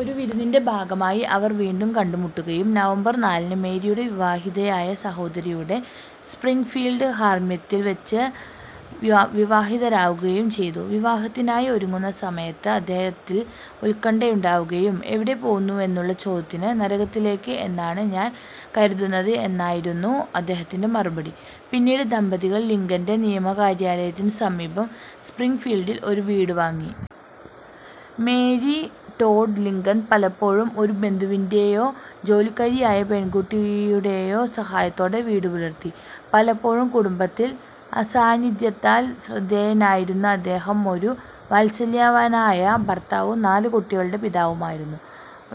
ഒരു വിരുന്നിൻ്റെ ഭാഗമായി അവർ വീണ്ടും കണ്ടുമുട്ടുകയും നവംബർ നാലിന് മേരിയുടെ വിവാഹിതയായ സഹോദരിയുടെ സ്പ്രിങ്ഫീൽഡ് ഹർമ്മ്യത്തിൽവച്ച് വിവാഹിതരാകുകയും ചെയ്തു. വിവാഹത്തിനായി ഒരുങ്ങുന്ന സമയത്ത് അദ്ദേഹത്തിൽ ഉത്കണ്ഠയുണ്ടാകുകയും എവിടെ പോകുന്നുവെന്നുള്ള ചോദ്യത്തിന് നരകത്തിലേക്ക് എന്നാണ് ഞാൻ കരുതുന്നത് എന്നായിരുന്നു അദ്ദേഹത്തിൻ്റെ മറുപടി. പിന്നീട് ദമ്പതികൾ ലിങ്കൻ്റെ നിയമകാര്യാലയത്തിനു സമീപം സ്പ്രിങ്ഫീൽഡിൽ ഒരു വീട് വാങ്ങി. മേരി ടോഡ് ലിങ്കൺ പലപ്പോഴും ഒരു ബന്ധുവിൻ്റെ യോ ജോലിക്കാരിയായ പെൺകുട്ടിയുടെയോ സഹായത്തോടെ വീടുപുലർത്തി. പലപ്പോഴും കുടുംബത്തിൽ അസാന്നിധ്യത്താൽ ശ്രദ്ധേയനായിരുന്ന അദ്ദേഹം ഒരു വാത്സല്യവാനായ ഭർത്താവും നാലുകുട്ടികളുടെ പിതാവുമായിരുന്നു.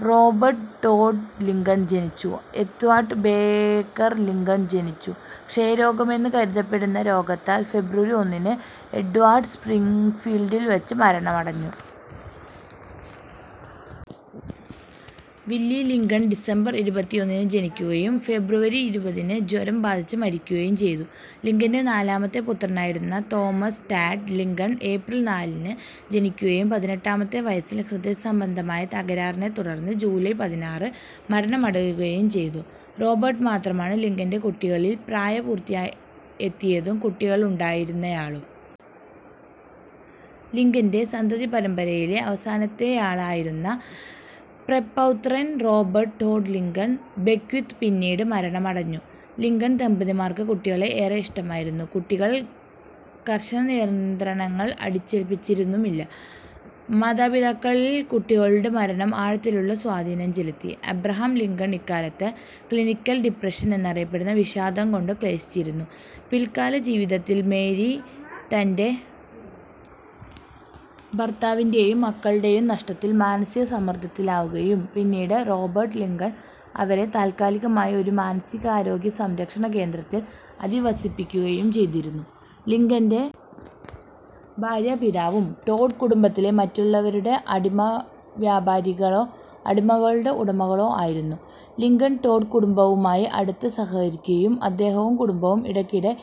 റോബർട്ട് ടോഡ് ലിങ്കൺ ജനിച്ചു. എഡ്വാർഡ് ബേക്കർ ലിങ്കൺ ജനിച്ചു. ക്ഷയരോഗമെന്ന് കരുതപ്പെടുന്ന രോഗത്താൽ ഫെബ്രുവരി ഒന്നിന് എഡ്വാർഡ് സ്പ്രിങ്ഫീൽഡിൽവച്ച് മരണമടഞ്ഞു. വില്ലി ലിങ്കൺ ഡിസംബർ ഇരുപത്തിയൊന്നിന് ജനിക്കുകയും ഫെബ്രുവരി ഇരുപതിന് ജ്വരം ബാധിച്ച് മരിക്കുകയും ചെയ്തു. ലിങ്കൻ്റെ നാലാമത്തെ പുത്രനായിരുന്ന തോമസ് ടാഡ് ലിങ്കൺ ഏപ്രിൽ നാലിന് ജനിക്കുകയും പതിനെട്ടാമത്തെ വയസ്സിൽ ഹൃദയസംബന്ധമായ തകരാറിനെത്തുടർന്ന് ജൂലൈ പതിനാറിന് മരണമടയുകയും ചെയ്തു. റോബർട്ട് മാത്രമാണ് ലിങ്കൻ്റെ കുട്ടികളിൽ പ്രായപൂർത്തിയെത്തിയതും കുട്ടികളുണ്ടായിരുന്നയാളും. ലിങ്കൻ്റെ സന്തതിപരമ്പരയിലെ അവസാനത്തെയാളായിരുന്ന പ്രപൗത്രൻ റോബർട്ട് ടോഡ് ലിങ്കൺ ബെക്ക്വിത്ത് പിന്നീട് മരണമടഞ്ഞു. ലിങ്കൺ ദമ്പതിമാർക്ക് കുട്ടികളെ ഏറെ ഇഷ്ടമായിരുന്നു. കുട്ടികളിൽ കർശനനിയന്ത്രണങ്ങൾ അടിച്ചേൽപ്പിച്ചിരുന്നുമില്ല. മാതാപിതാക്കളിൽ കുട്ടികളുടെ മരണം ആഴത്തിലുള്ള സ്വാധീനം ചെലുത്തി. അബ്രഹാം ലിങ്കൺ ഇക്കാലത്ത് ക്ലിനിക്കൽ ഡിപ്രഷൻ എന്നറിയപ്പെടുന്ന വിഷാദം കൊണ്ട് ക്ലേശിച്ചിരുന്നു. പിൽക്കാല ജീവിതത്തിൽ മേരി തൻ്റെ ഭർത്താവിൻ്റെ യും മക്കളുടെയും നഷ്ടത്തിൽ മാനസിക സമ്മർദ്ദത്തിലാകുകയും പിന്നീട് റോബർട്ട് ലിങ്കൺ അവരെ താൽക്കാലികമായി ഒരു മാനസികാരോഗ്യ സംരക്ഷണകേന്ദ്രത്തിൽ അധിവസിപ്പിക്കുകയും ചെയ്തിരുന്നു. ലിങ്കൻ്റെ ഭാര്യാപിതാവും ടോഡ് കുടുംബത്തിലെ മറ്റുള്ളവരും അടിമവ്യാപാരികളോ അടിമകളുടെ ഉടമകളോ ആയിരുന്നു. ലിങ്കൺ ടോഡ് കുടുംബവുമായി അടുത്ത് സഹകരിക്കുകയും അദ്ദേഹവും കുടുംബവും ഇടയ്ക്കിടെ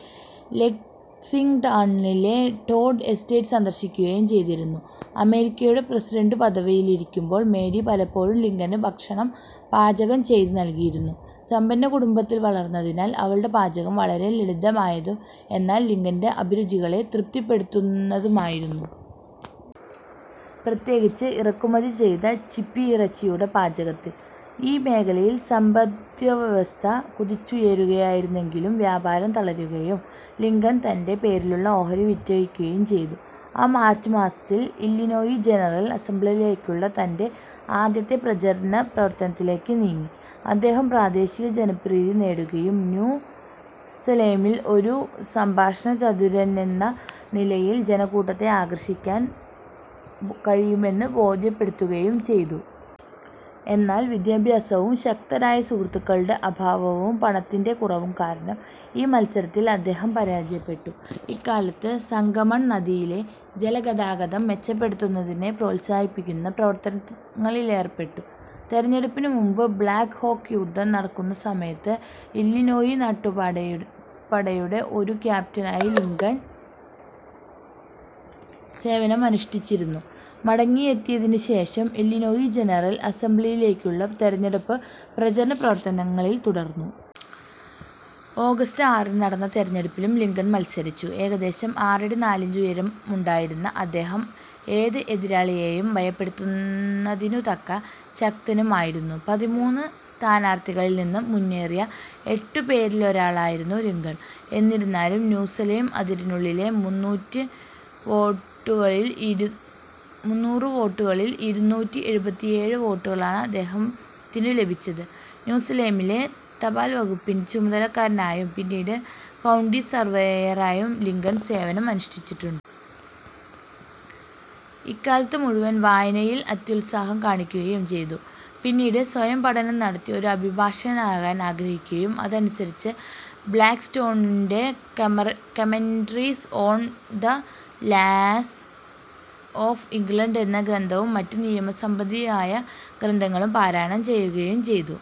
ലെക്സിങ്ടണിലെ ടോഡ് എസ്റ്റേറ്റ് സന്ദർശിക്കുകയും ചെയ്തിരുന്നു. അമേരിക്കയുടെ പ്രസിഡന്റുപദവിയിലിരിക്കുമ്പോൾ മേരി പലപ്പോഴും ലിങ്കന് ഭക്ഷണം പാചകം ചെയ്ത് നൽകിയിരുന്നു. സമ്പന്നകുടുംബത്തിൽ വളർന്നതിനാൽ അവളുടെ പാചകം വളരെ ലളിതമായതും എന്നാൽ ലിങ്കൻ്റെ അഭിരുചികളെ തൃപ്തിപ്പെടുത്തുന്നതുമായിരുന്നു. പ്രത്യേകിച്ച് ഇറക്കുമതി ചെയ്ത ചിപ്പിയിറച്ചിയുടെ പാചകത്തിൽ.ഈ മേഖലയിൽ സമ്പദ്വ്യവസ്ഥ കുതിച്ചുയരുകയായിരുന്നെങ്കിലും വ്യാപാരം തളരുകയും ലിങ്കൺ തൻ്റെ പേരിലുള്ള ഓഹരി വിറ്റഴിക്കുകയും ചെയ്തു. ആ മാർച്ച് മാസത്തിൽ ഇല്ലിനോയി ജനറൽ അസംബ്ലിയിലേക്കുള്ള തൻ്റെ ആദ്യത്തെ പ്രചാരണ പ്രവർത്തനത്തിലേക്ക് നീങ്ങി. അദ്ദേഹം പ്രാദേശിക ജനപ്രീതി നേടുകയും ന്യൂ സലേമിൽ ഒരു സംഭാഷണചതുരനെന്ന നിലയിൽ ജനക്കൂട്ടത്തെ ആകർഷിക്കാൻ കഴിയുമെന്ന് ബോധ്യപ്പെടുത്തുകയും ചെയ്തു. എന്നാൽ വിദ്യാഭ്യാസവും ശക്തരായ സുഹൃത്തുക്കളുടെ അഭാവവും പണത്തിൻ്റെ കുറവും കാരണം ഈ മത്സരത്തിൽ അദ്ദേഹം പരാജയപ്പെട്ടു. ഇക്കാലത്ത് സംഗമൺ നദിയിലെ ജലഗതാഗതം മെച്ചപ്പെടുത്തുന്നതിനെ പ്രോത്സാഹിപ്പിക്കുന്ന പ്രവർത്തനങ്ങളിലേർപ്പെട്ടു. തെരഞ്ഞെടുപ്പിന് മുമ്പ് ബ്ലാക്ക് ഹോക്ക് യുദ്ധം നടക്കുന്ന സമയത്ത് ഇല്ലിനോയി നാട്ടുപടയുടെ ഒരു ക്യാപ്റ്റനായി ലിങ്കൺ സേവനമനുഷ്ഠിച്ചിരുന്നു. മടങ്ങിയെത്തിയതിനുശേഷം ഇല്ലിനോയി ജനറൽ അസംബ്ലിയിലേക്കുള്ള തെരഞ്ഞെടുപ്പ് പ്രചരണ പ്രവർത്തനങ്ങളിൽ തുടർന്നു. ആഗസ്റ്റ് ആറിന് നടന്ന തെരഞ്ഞെടുപ്പിലും ലിങ്കൺ മത്സരിച്ചു. ഏകദേശം ആറടി നാലിഞ്ച് ഉയരമുണ്ടായിരുന്ന അദ്ദേഹം ഏത് എതിരാളിയേയും ഭയപ്പെടുത്തുന്നതിനുതക്ക ശക്തനുമായിരുന്നു. പതിമൂന്ന് സ്ഥാനാർത്ഥികളിൽ നിന്ന് മുന്നേറിയ എട്ടുപേരിലൊരാളായിരുന്നു ലിങ്കൺ. എന്നിരുന്നാലും ന്യൂ സേലം അതിരിനുള്ളിലെ മുന്നൂറ് വോട്ടുകളിൽ ഇരുനൂറ്റി എഴുപത്തിയേഴ് വോട്ടുകളാണ് അദ്ദേഹത്തിനു ലഭിച്ചത്.ന്യൂ സേലമിലെ തപാൽ വകുപ്പിൻ്റെ ചുമതലക്കാരനായും പിന്നീട് കൗണ്ടി സർവേയറായും ലിങ്കൺ സേവനം അനുഷ്ഠിച്ചിട്ടുണ്ട്. ഇക്കാലത്തുമുഴുവൻ വായനയിൽ അത്യുത്സാഹം കാണിക്കുകയും ചെയ്തു. പിന്നീട് സ്വയം പഠനം നടത്തി ഒരു അഭിഭാഷകനാകാൻ ആഗ്രഹിക്കുകയും അതനുസരിച്ച് ബ്ലാക്ക്സ്റ്റോണിൻ്റെ commentaries on the laws of England എന്ന ഗ്രന്ഥവും മറ്റു നിയമസംബന്ധിയായ ഗ്രന്ഥങ്ങളും പാരായണം ചെയ്യുകയും ചെയ്തു.